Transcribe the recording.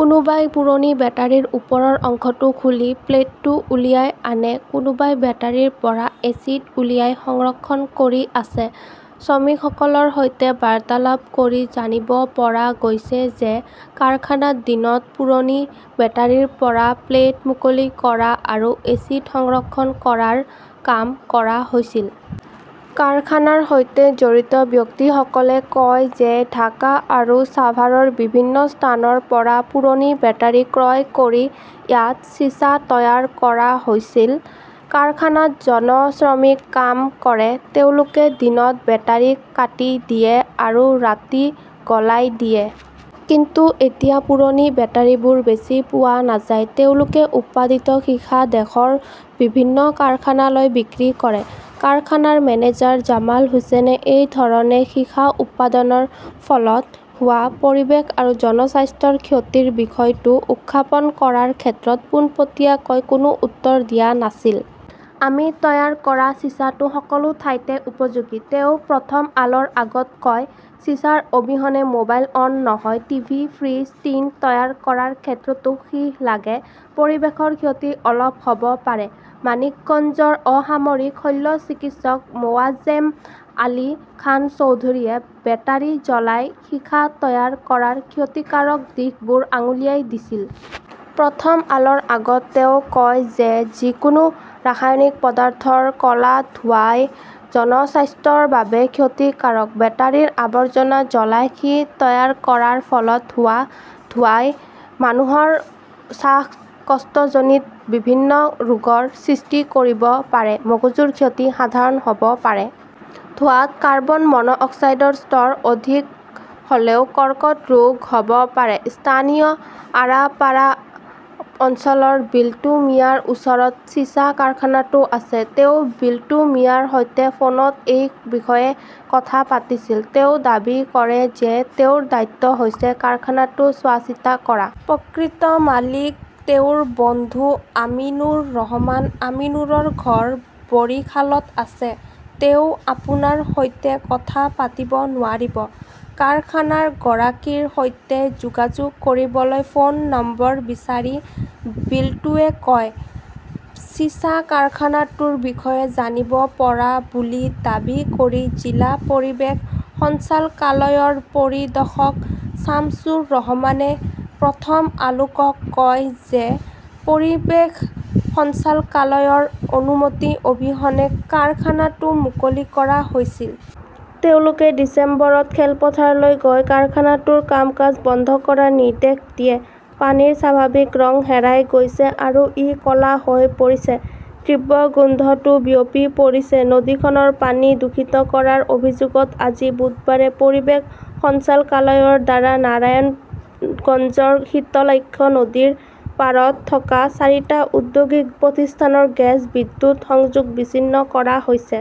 কোনোবাই পুৰণি বেটাৰীৰ ওপৰৰ অংশটো খুলি প্লেটটো উলিয়াই আনে। কোনোবাই বেটাৰিৰ পৰা এচিড উলিয়াই সংৰক্ষণ কৰি আছে। শ্ৰমিকসকলৰ সৈতে বাৰ্তালাপ কৰি জানিব পৰা গৈছে যে, কাৰখানাত দিনত পুৰণি বেটাৰিৰ পৰা প্লেট মুকলি কৰা আৰু এচিড সংৰক্ষণ কৰাৰ কাম কৰা হৈছিল। কাৰখানাৰ সৈতে জড়িত ব্যক্তিসকলে কয় যে ঢাকা আৰু ছাভাৰৰ বিভিন্ন স্থানৰ পৰা পুৰণি বেটাৰী ক্ৰয় কৰি ইয়াত চিছা তৈয়াৰ কৰা হৈছিল। কাৰখানাত জন শ্ৰমিক কাম কৰে। তেওঁলোকে দিনত বেটাৰি কাটি দিয়ে আৰু ৰাতি গলাই দিয়ে। কিন্তু এতিয়া পুৰণি বেটাৰিবোৰ বেছি পোৱা নাযায়। তেওঁলোকে উৎপাদিত সীসা দেশৰ বিভিন্ন কাৰখানালৈ বিক্ৰী কৰে। কাৰখানাৰ মেনেজাৰ জামাল হুচেইনে এই ধৰণে সীসা উৎপাদনৰ ফলত হোৱা পৰিৱেশ আৰু জনস্বাস্থ্যৰ ক্ষতিৰ বিষয়টো উত্থাপন কৰাৰ ক্ষেত্ৰত পোনপটীয়াকৈ কোনো উত্তৰ দিয়া নাছিল। "আমি তৈয়াৰ কৰা চিছাটো সকলো ঠাইতে উপযোগী", তেওঁ প্ৰথম আলোৰ আগত কয়। চিছাৰ অবিহনে মোবাইল অন নহয়। টিভি, ফ্ৰিজ, টিন তৈয়াৰ কৰাৰ ক্ষেত্ৰতো সীহ লাগে। পৰিৱেশৰ ক্ষতি অলপ হ'ব পাৰে। মানিকগঞ্জৰ অসামৰিক শল্যচিকিৎসক মোৱাজজেম আলী খান চৌধুৰীয়ে বেটাৰি জ্বলাই সীসা তৈয়াৰ কৰাৰ ক্ষতিকাৰক দিশবোৰ আঙুলিয়াই দিছিল। প্ৰথম আলোৰ আগত তেওঁ কয় যে, যিকোনো ৰাসায়নিক পদাৰ্থৰ ক 'লা ধোঁৱাই জনস্বাস্থ্যৰ বাবে ক্ষতিকাৰক। বেটাৰীৰ আৱৰ্জনা জ্বলাই সীহ তৈয়াৰ কৰাৰ ফলত হোৱা ধোঁৱাই মানুহৰ শ্বাসকষ্টজনিত বিভিন্ন ৰোগৰ সৃষ্টি কৰিব পাৰে। মগজুৰ ক্ষতি সাধাৰণ হ'ব পাৰে। ধোঁৱাত কাৰ্বন-মনোক্সাইডৰ স্তৰ অধিক হ'লেও কৰ্কট ৰোগ হ'ব পাৰে। ইস্থানীয় আৰাপাড়া অঞ্চলৰ বিল্টু মিয়াৰ ওচৰত চিছা কাৰখানাটো আছে। তেওঁ বিল্টু মিয়াৰ সৈতে ফোনত এই বিষয়ে কথা পাতিছিল। তেওঁ দাবী কৰে যে তেওঁৰ দায়িত্ব হৈছে কাৰখানাটো চোৱাচিতা কৰা। প্ৰকৃত মালিক তেওঁৰ বন্ধু আমিনুৰ ৰহমান। আমিনুৰৰ ঘৰ বৰিশালত আছে। তেওঁ আপোনাৰ সৈতে কথা পাতিব নোৱাৰিব, কাৰখানাৰ গৰাকীৰ সৈতে যোগাযোগ কৰিবলৈ ফোন নম্বৰ বিচাৰি বিল্টুৱে কয়। চিছা কাৰখানাটোৰ বিষয়ে জানিব পৰা বুলি দাবী কৰি জিলা পৰিৱেশ সঞ্চালকালয়ৰ পৰিদৰ্শক শামছুৰ ৰহমানে প্ৰথম আলোকক কয় যে, পৰিৱেশ সঞ্চালকালয়ৰ অনুমতি অবিহনে কাৰখানাটো মুকলি কৰা হৈছিল। তেওঁলোকে ডিচেম্বৰত খেলপথাৰলৈ গৈ কাৰখানাটোৰ কাম-কাজ বন্ধ কৰাৰ নিৰ্দেশ দিয়ে। পানীৰ স্বাভাৱিক ৰং হেৰাই গৈছে আৰু ই ক 'লা হৈ পৰিছে। তীব্ৰ গোন্ধটো বিয়পি পৰিছে। নদীখনৰ পানী দূষিত কৰাৰ অভিযোগত আজি বুধবাৰে পৰিৱেশ সঞ্চালকালয়ৰ দ্বাৰা নাৰায়ণগঞ্জৰ শীতলাক্ষ্য নদীৰ পাৰত থকা চাৰিটা ঔদ্যোগিক প্ৰতিষ্ঠানৰ গেছ, বিদ্যুৎ সংযোগ বিচ্ছিন্ন কৰা হৈছে।